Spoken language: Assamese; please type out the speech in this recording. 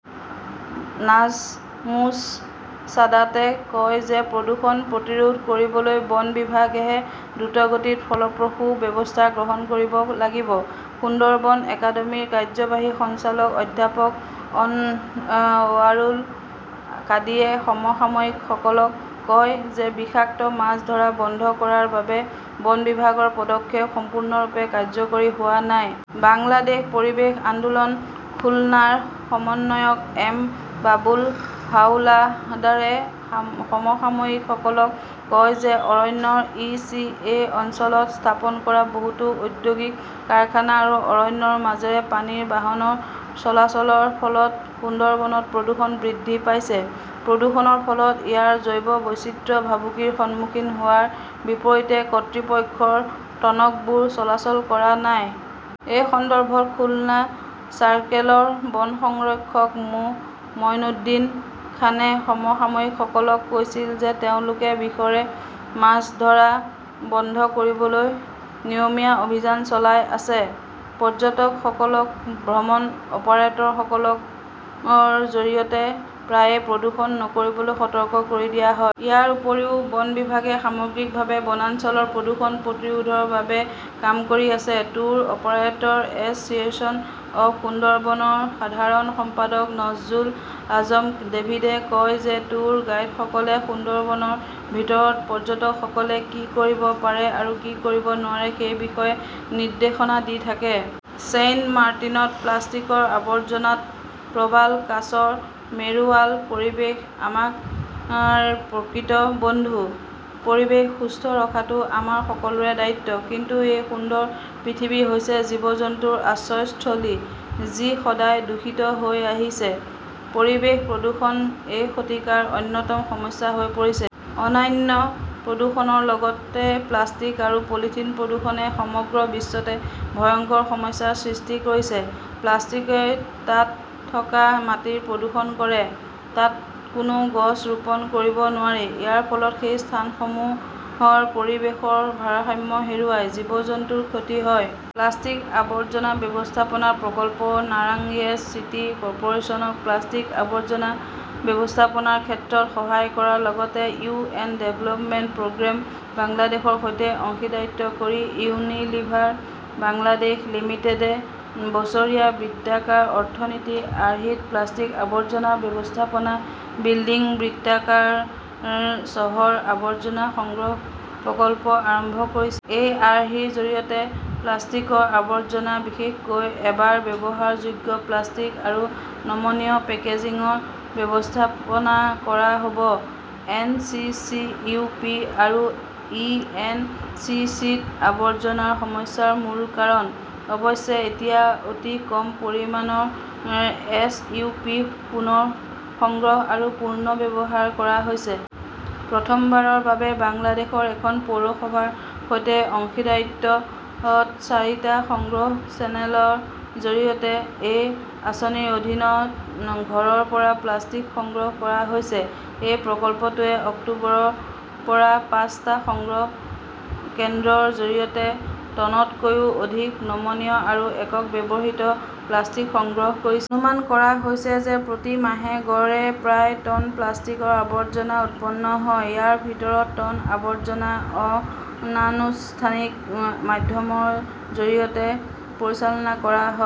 নাজমুছ ছাদাতে কয় যে প্ৰদূষণ প্ৰতিৰোধ কৰিবলৈ বন বিভাগেহে দ্ৰুতগতিত ফলপ্ৰসূ ব্যৱস্থা গ্ৰহণ কৰিব লাগিব। সুন্দৰবন একাডেমীৰ কাৰ্যবাহী সঞ্চালক অধ্যাপক অনৱাৰুল কাদিয়ে সমসাময়িকসকলক কয় যে বিষাক্ত মাছ ধৰা বন্ধ কৰাৰ বাবে বন বিভাগৰ পদক্ষেপ সম্পূৰ্ণৰূপে কাৰ্যকৰী হোৱা নাই। বাংলাদেশ পৰিৱেশ আন্দোলন খুলনাৰ সমন্বয়ক এম বাবুল হাওলাডাৰে সমসাময়িকসকলক কয় যে অৰণ্যৰ ই. চি. এ. অঞ্চলত স্থাপন কৰা বহুতো ঔদ্যোগিক কাৰখানা আৰু অৰণ্যৰ মাজেৰে পানীৰ বাহনৰ চলাচলৰ ফলত সুন্দৰবনত প্ৰদূষণ বৃদ্ধি পাইছে। প্ৰদূষণৰ ফলত ইয়াৰ জৈৱ বৈচিত্ৰ্য ভাবুকিৰ সন্মুখীন হোৱাৰ বিপৰীতে কৰ্তৃপক্ষৰ টনকবোৰ চলাচল কৰা নাই। এই সন্দৰ্ভত খুলনা চাৰ্কেলৰ বন সংৰক্ষক মো. মইনুদ্দিন খানে সমসাময়িকসকলক কৈছিল যে তেওঁলোকে বিষৰে মাছ ধৰা বন্ধ কৰিবলৈ নিয়মীয়া অভিযান চলাই আছে। পৰ্যটকসকলক ভ্ৰমণ অপাৰেটৰসকলৰ জৰিয়তে প্ৰায়ে প্ৰদূষণ নকৰিবলৈ সতৰ্ক কৰি দিয়া হয়। ইয়াৰ উপৰিও, বন বিভাগে সামগ্ৰিকভাৱে বনাঞ্চলৰ প্ৰদূষণ প্ৰতিৰোধৰ বাবে কাম কৰি আছে। Tour operator "association of Sundarban ৰ সাধাৰণ সম্পাদক নজজুল আজম ডেভিডে কয় যে ট্যুৰ গাইডসকলে সুন্দৰবনৰ ভিতৰত পৰ্যটকসকলে কি কৰিব পাৰে আৰু কি কৰিব নোৱাৰে সেই বিষয়ে নিৰ্দেশনা দি থাকে। ছেইণ্টমাৰ্টিনত প্লাষ্টিকৰ আৱৰ্জনাত প্ৰবাল, কাছৰ মেৰুৰাল পৰিৱেশ আমাৰ প্ৰকৃত বন্ধু। পৰিৱেশ সুস্থ ৰখাটো আমাৰ সকলোৰে দায়িত্ব। কিন্তু এই সুন্দৰ পৃথিৱী হৈছে জীৱ-জন্তুৰ আশ্ৰয়স্থলী যি সদায় দূষিত হৈ আহিছে। পৰিৱেশ প্ৰদূষণ এই শতিকাৰ অন্যতম সমস্যা হৈ পৰিছে। অন্যান্য প্ৰদূষণৰ লগতে প্লাষ্টিক আৰু পলিথিন প্ৰদূষণে সমগ্ৰ বিশ্বতে ভয়ংকৰ সমস্যাৰ সৃষ্টি কৰিছে। প্লাষ্টিকই তাত থকা মাটিৰ প্ৰদূষণ কৰে। তাত কোনো গছ ৰোপণ কৰিব নোৱাৰি। ইয়াৰ ফলত সেই স্থানসমূহৰ পৰিৱেশৰ ভাৰসাম্য হেৰুৱায়, জীৱ-জন্তুৰ ক্ষতি হয়। প্লাষ্টিক আৱৰ্জনা ব্যৱস্থাপনা প্ৰকল্প নাৰাংয়েজ চিটি কৰ্পোৰেচন ক প্লাষ্টিক আৱৰ্জনা ব্যৱস্থাপনাৰ ক্ষেত্ৰত সহায় কৰাৰ লগতে ইউ. এন. ডেভেলপমেণ্ট প্ৰগ্ৰেম বাংলাদেশৰ সৈতে অংশীদাৰিত্ব কৰি ইউনিলিভাৰ বাংলাদেশ লিমিটেডে বছৰীয়া বৃত্তাকাৰ অৰ্থনীতি আৰ্হিত 'প্লাষ্টিক আৱৰ্জনা ব্যৱস্থাপনাঃ বিল্ডিং বৃত্তাকাৰ চহৰ' আৱৰ্জনা সংগ্ৰহ প্ৰকল্প আৰম্ভ কৰিছে। এই আৰ্হিৰ জৰিয়তে প্লাষ্টিকৰ আৱৰ্জনা, বিশেষকৈ এবাৰ ব্যৱহাৰযোগ্য প্লাষ্টিক আৰু নমনীয় পেকেজিংৰ ব্যৱস্থাপনা কৰা হ 'ব। N. C. C. U. P. আৰু ই এন. চি. চি. ত আৱৰ্জনাৰ সমস্যাৰ মূল কাৰণ। অৱশ্যে, এতিয়া অতি কম পৰিমাণৰ এছইউপি পুনৰ সংগ্ৰহ আৰু পুনৰ্ব্যৱহাৰ কৰা হৈছে। প্ৰথমবাৰৰ বাবে বাংলাদেশৰ এখন পৌৰসভাৰ সৈতে অংশীদাৰিত্বত চাৰি টা সংগ্ৰহ চেনেলৰ জৰিয়তে এই আঁচনিৰ অধীনত ঘৰৰ পৰা প্লাষ্টিক সংগ্ৰহ কৰা হৈছে। এই প্ৰকল্পটোৱে অক্টোবৰৰ পৰা পাঁচ টা সংগ্ৰহ কেন্দ্ৰৰ জৰিয়তে টনতকৈও অধিক নমনীয় আৰু একক ব্যৱহৃত প্লাষ্টিক সংগ্ৰহ কৰিছে। অনুমান কৰা হৈছে যে প্ৰতি মাহে গড়ে প্ৰায় টন প্লাষ্টিকৰ আৱৰ্জনা উৎপন্ন হয়। ইয়াৰ ভিতৰত টন আৱৰ্জনা অনানুষ্ঠানিক মাধ্যমৰ জৰিয়তে পৰিচালনা কৰা হয়,